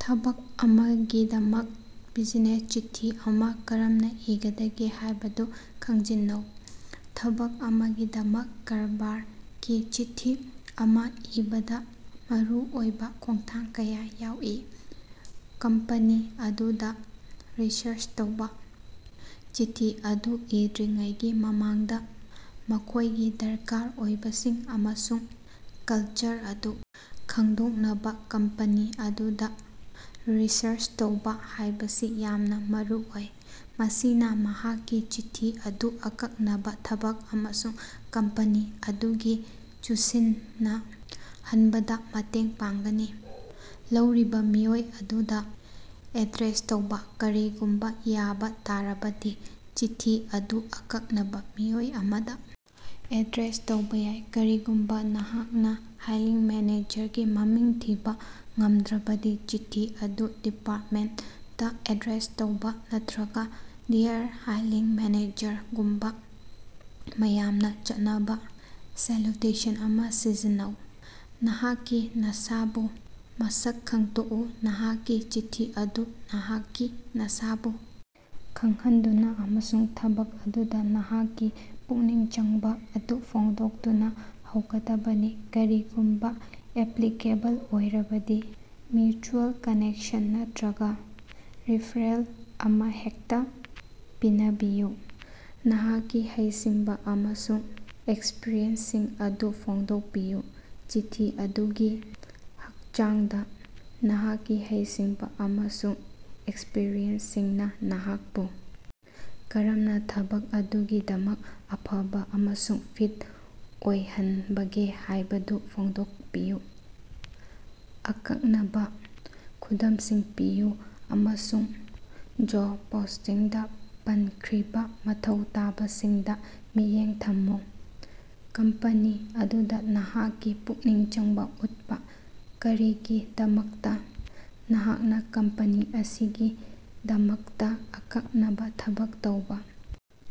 ꯊꯕꯛ ꯑꯃꯒꯤꯗꯃꯛ ꯕꯤꯖꯤꯅꯦ ꯆꯤꯊꯤ ꯑꯃꯥ ꯀꯔꯝꯅꯥ ꯏꯒꯗꯒꯦ ꯍꯥꯌꯕꯗꯨ ꯈꯪꯖꯤꯟꯅꯧ꯫ ꯊꯕꯛ ꯑꯃꯒꯤꯗꯃꯛ ꯀꯔꯕꯥꯔꯈꯤ ꯆꯤꯊꯤ ꯑꯃꯥ ꯏꯕꯗꯥ ꯃꯔꯨꯑꯣꯏꯕꯥ ꯈꯣꯡꯊꯥꯡ ꯀꯌꯥ ꯌꯥꯎꯏ: ꯀꯝꯄꯅꯤ ꯑꯗꯨꯗꯥ ꯔꯤꯁꯔꯆ ꯇꯧꯕ :ꯆꯤꯊꯤ ꯑꯗꯨ ꯏꯗ꯭ꯔꯤꯉꯩꯒꯤ ꯃꯃꯥꯡꯗꯥ, ꯃꯈꯣꯏꯒꯤ ꯗꯔꯀꯥꯔ ꯑꯣꯏꯕꯁꯤꯡ ꯑꯃꯁꯨꯡ ꯀꯜꯆꯔ ꯑꯗꯨ ꯈꯪꯗꯣꯛꯅꯕꯥ ꯀꯝꯄꯅꯤ ꯑꯗꯨꯗꯥ ꯔꯤꯁꯔꯆ ꯇꯧꯕꯥ ꯍꯥꯏꯕꯁꯤ ꯌꯥꯝꯅꯥ ꯃꯔꯨꯑꯣꯏ꯫ ꯃꯁꯤꯅꯥ ꯅꯍꯥꯛꯀꯤ ꯆꯤꯊꯤ ꯑꯗꯨ ꯑꯀꯛꯅꯕꯥ ꯊꯕꯛ ꯑꯃꯁꯨꯡ ꯀꯝꯄꯅꯤ ꯑꯗꯨꯒꯤ ꯆꯨꯁꯤꯟꯅꯍꯟꯕꯗꯥ ꯃꯇꯦꯡ ꯄꯥꯡꯒꯅꯤ꯫ ꯂꯧꯔꯤꯕꯥ ꯃꯤꯑꯣꯏ ꯑꯗꯨꯗꯥ ꯑꯦꯗ꯭ꯔꯦꯁ ꯇꯧꯕꯥ: ꯀꯔꯤꯒꯨꯝꯕꯥ ꯌꯥꯕꯥ ꯇꯥꯔꯕꯗꯤ, ꯆꯤꯊꯤ ꯑꯗꯨ ꯑꯀꯛꯅꯕꯥ ꯃꯤꯑꯣꯏ ꯑꯃꯗꯥ ꯑꯦꯗ꯭ꯔꯦꯁ ꯇꯧꯕꯥ ꯌꯥꯏ꯫ ꯀꯔꯤꯒꯨꯝꯕꯥ ꯅꯍꯥꯛꯅꯥ ꯍꯥꯏꯔꯤꯡ ꯃꯦꯅꯦꯖꯔꯒꯤ ꯃꯃꯤꯡ ꯊꯤꯕꯥ ꯉꯃꯗ꯭ꯔꯕꯗꯤ, ꯆꯤꯊꯤ ꯑꯗꯨ ꯗꯤꯄꯥꯔꯇꯃꯦꯟꯇꯇꯥ ꯑꯦꯗ꯭ꯔꯦꯁ ꯇꯧꯕ ꯅꯠꯠꯔꯒꯥ "ꯗꯤꯌꯔ ꯍꯥꯏꯔꯤꯡ ꯃꯦꯅꯦꯖꯔ"ꯒꯨꯝꯕꯥ ꯃꯌꯥꯝꯅ ꯆꯠꯅꯕ ꯁꯦꯂꯨꯇꯦꯁꯟ ꯑꯃꯥ ꯁꯤꯖꯤꯟꯅꯧ꯫ ꯅꯍꯥꯛꯀꯤ ꯅꯁꯥꯕꯨ ꯃꯁꯛ ꯈꯪꯗꯣꯛꯎ: ꯅꯍꯥꯛꯀꯤ ꯆꯤꯊꯤ ꯑꯗꯨ ꯅꯍꯥꯛꯀꯤ ꯅꯁꯥꯕꯨ ꯈꯪꯍꯟꯗꯨꯅꯥ ꯑꯃꯁꯨꯡ ꯊꯕꯛ ꯑꯗꯨꯗꯥ ꯅꯍꯥꯛꯀꯤ ꯄꯨꯛꯅꯤꯡ ꯆꯪꯕꯥ ꯑꯗꯨ ꯐꯣꯡꯗꯣꯛꯇꯨꯅꯥ ꯍꯧꯒꯗꯕꯅꯤ꯫ ꯀꯔꯤꯒꯨꯝꯕꯥ ꯑꯦꯞꯂꯤꯀꯦꯕꯜ ꯑꯣꯏꯔꯕꯗꯤ, ꯃ꯭ꯌꯨꯆꯨꯑꯦꯜ ꯀꯅꯦꯛꯁꯟ ꯅꯠꯠꯔꯒꯥ ꯔꯤꯐꯔꯦꯜ ꯑꯃꯍꯦꯇ ꯄꯅꯕꯤꯌꯨ꯫ ꯅꯍꯥꯛꯀꯤ ꯍꯩꯁꯤꯡꯕꯥ ꯑꯃꯁꯨꯡ ꯑꯦꯛꯁꯄꯔꯤꯌꯦꯟꯁꯁꯤꯡ ꯑꯗꯨ ꯐꯣꯡꯗꯣꯀꯄꯤꯌꯨ: ꯆꯤꯊꯤ ꯑꯗꯨꯒꯤ ꯍꯀꯆꯥꯡꯗꯥ, ꯅꯍꯥꯛꯀꯤ ꯍꯩꯁꯤꯡꯕꯥ ꯑꯃꯁꯨꯡ ꯑꯦꯛꯁꯄꯔꯤꯌꯦꯟꯁꯁꯤꯡꯅꯥ ꯅꯍꯥꯀꯄꯨ ꯀꯔꯝꯅꯥ ꯊꯕꯛ ꯑꯗꯨꯒꯤꯗꯃꯛ ꯑꯐꯕꯥ ꯑꯃꯁꯨꯡ ꯐꯤꯠ ꯑꯣꯏꯍꯅꯕꯒꯦ ꯍꯥꯌꯕꯗꯨ ꯐꯣꯡꯗꯣꯀꯄꯤꯌꯨ꯫ ꯑꯀꯛꯅꯕꯥ ꯈꯨꯗꯃꯁꯤꯡ ꯄꯤꯌꯨ ꯑꯃꯁꯨꯡ ꯖꯣꯕ ꯄꯣꯁ꯭ꯇꯤꯡꯗꯥ ꯄꯅꯈ꯭ꯔꯤꯕꯥ ꯃꯊꯧ ꯇꯥꯕꯁꯤꯡꯗꯥ ꯃꯤꯠꯌꯦꯡ ꯊꯝꯃꯨ꯫ ꯀꯝꯄꯅꯤ ꯑꯗꯨꯗꯥ ꯅꯍꯥꯛꯀꯤ ꯄꯨꯛꯅꯤꯡ ꯆꯪꯕꯥ ꯎꯠꯄꯥ: ꯀꯔꯤꯒꯤꯗꯃꯛꯇꯥ ꯅꯍꯥꯛꯅꯥ ꯀꯝꯄꯅꯤ ꯑꯁꯤꯒꯤꯗꯃꯛꯇꯥ ꯑꯀꯛꯅꯅꯥ ꯊꯕꯛ ꯇꯧꯕꯥ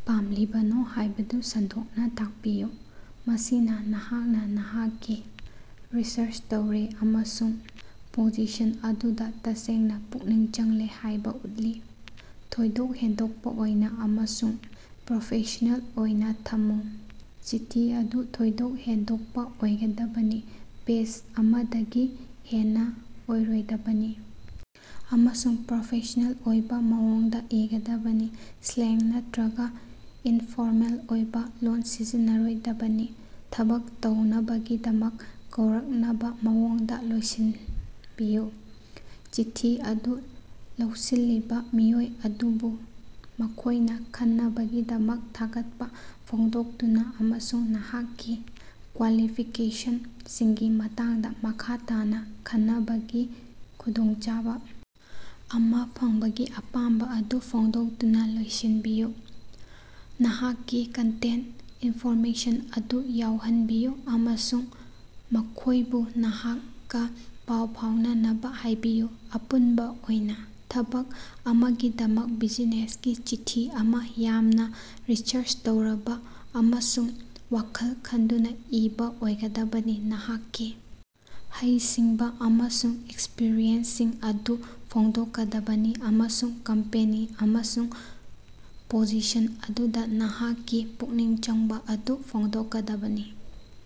ꯄꯥꯝꯂꯤꯕꯅꯣ ꯍꯥꯌꯕꯗꯨ ꯁꯟꯗꯣꯛꯅꯥ ꯇꯥꯀꯄꯤꯌꯨ꯫ ꯃꯁꯤꯅꯥ ꯅꯍꯥꯛꯅꯥ ꯅꯍꯥꯛꯀꯤ ꯔꯤꯁꯔꯆ ꯇꯧꯔꯦ ꯑꯃꯁꯨꯡ ꯄꯣꯖꯤꯁꯟ ꯑꯗꯨꯗꯥ ꯇꯁꯦꯡꯅꯥ ꯄꯨꯛꯅꯤꯡ ꯆꯪꯂꯦ ꯍꯥꯌꯕꯥ ꯎꯠꯂꯤ꯫ ꯊꯣꯏꯗꯣꯛ ꯍꯦꯟꯗꯣꯀꯄꯥ ꯑꯣꯏꯅꯥ ꯑꯃꯁꯨꯡ ꯄ꯭ꯔꯣꯐꯦꯁ꯭ꯅꯦꯜ ꯑꯣꯏꯅꯥ ꯊꯝꯃꯨ: ꯆꯤꯊꯤ ꯑꯗꯨ ꯊꯣꯏꯗꯣꯛ ꯍꯦꯟꯗꯣꯀꯄꯥ ꯑꯣꯏꯒꯗꯕꯅꯤ, ꯄꯦꯖ ꯑꯃꯗꯒꯤ ꯍꯦꯟꯅꯥ ꯑꯣꯏꯔꯣꯏꯗꯕꯅꯤ ꯑꯃꯁꯨꯡ ꯄ꯭ꯔꯣꯐꯦꯁ꯭ꯅꯦꯜ ꯑꯣꯏꯕꯥ ꯃꯑꯣꯡꯗꯥ ꯏꯒꯗꯕꯅꯤ꯫ ꯁ꯭ꯂꯦꯡ ꯅꯠꯇ꯭ꯔꯒꯥ ꯏꯅꯐꯣꯔꯃꯦꯜ ꯑꯣꯏꯕꯥ ꯂꯣꯜ ꯁꯤꯖꯤꯟꯅꯔꯣꯏꯗꯕꯅꯤ꯫ ꯊꯕꯛ ꯇꯧꯅꯕꯒꯤꯗꯃꯛ ꯀꯧꯔꯛꯅꯕ ꯃꯑꯣꯡꯗ ꯂꯣꯏꯁꯤꯅꯕꯤꯌꯨ: ꯆꯤꯊꯤ ꯑꯗꯨ ꯂꯧꯁꯤꯜꯂꯤꯕꯥ ꯃꯤꯑꯣꯏ ꯑꯗꯨꯕꯨ ꯃꯈꯣꯌꯅꯥ ꯈꯟꯅꯕꯒꯤꯗꯃꯛ ꯊꯥꯒꯠꯄꯥ ꯐꯣꯡꯗꯣꯛꯇꯨꯅꯥ ꯑꯃꯁꯨꯡ ꯅꯍꯥꯛꯀꯤ ꯀ꯭ꯋꯥꯂꯤꯐꯤꯀꯦꯁꯅꯁꯤꯡꯒꯤ ꯃꯇꯥꯡꯗꯥ ꯃꯈꯥ ꯇꯥꯅꯥ ꯈꯟꯅꯕꯒꯤ ꯈꯨꯗꯣꯡꯆꯥꯕꯥ ꯑꯃꯥ ꯐꯪꯕꯒꯤ ꯑꯄꯥꯝꯕꯥ ꯑꯗꯨ ꯐꯣꯡꯗꯣꯛꯇꯨꯅꯥ ꯂꯣꯏꯁꯤꯅꯕꯤꯌꯨ꯫ ꯅꯍꯥꯛꯀꯤ ꯀꯟꯇꯦꯛꯇ ꯏꯟꯐꯣꯔꯃꯦꯁꯟ ꯑꯗꯨ ꯌꯥꯎꯍꯅꯕꯤꯌꯨ ꯑꯃꯁꯨꯡ ꯃꯈꯣꯌꯕꯨ ꯅꯍꯥꯛꯀꯥ ꯄꯥꯎ ꯐꯥꯎꯅꯅꯕꯥ ꯍꯥꯏꯕꯤꯌꯨ꯫ ꯑꯄꯨꯟꯕꯥ ꯑꯣꯏꯅꯥ, ꯊꯕꯛ ꯑꯃꯒꯤꯗꯃꯛ ꯕꯤꯖꯤꯅꯦꯁꯀꯤ ꯆꯤꯊꯤ ꯑꯃꯥ ꯌꯥꯝꯅꯥ ꯔꯤꯁꯔꯆ ꯇꯧꯔꯕꯥ ꯑꯃꯁꯨꯡ ꯋꯥꯈꯜ ꯈꯟꯗꯨꯅꯥ ꯏꯕꯥ ꯑꯣꯏꯒꯗꯕꯅꯤ, ꯅꯍꯥꯛꯀꯤ ꯍꯩꯁꯤꯡꯕꯥ ꯑꯃꯁꯨꯡ ꯑꯦꯛꯁꯄ꯭ꯔꯤꯌꯦꯟꯁꯁꯤꯡ ꯑꯗꯨ ꯐꯣꯡꯗꯣꯛꯀꯗꯕꯅꯤ ꯑꯃꯁꯨꯡ ꯀꯝꯄꯦꯅꯤ ꯑꯃꯁꯨꯡ ꯄꯣꯖꯤꯁꯟ ꯑꯗꯨꯗꯥ ꯅꯍꯥꯛꯀꯤ ꯄꯨꯛꯅꯤꯡ ꯆꯪꯕꯥ ꯑꯗꯨ ꯐꯣꯡꯗꯣꯛꯀꯗꯕꯅꯤ꯫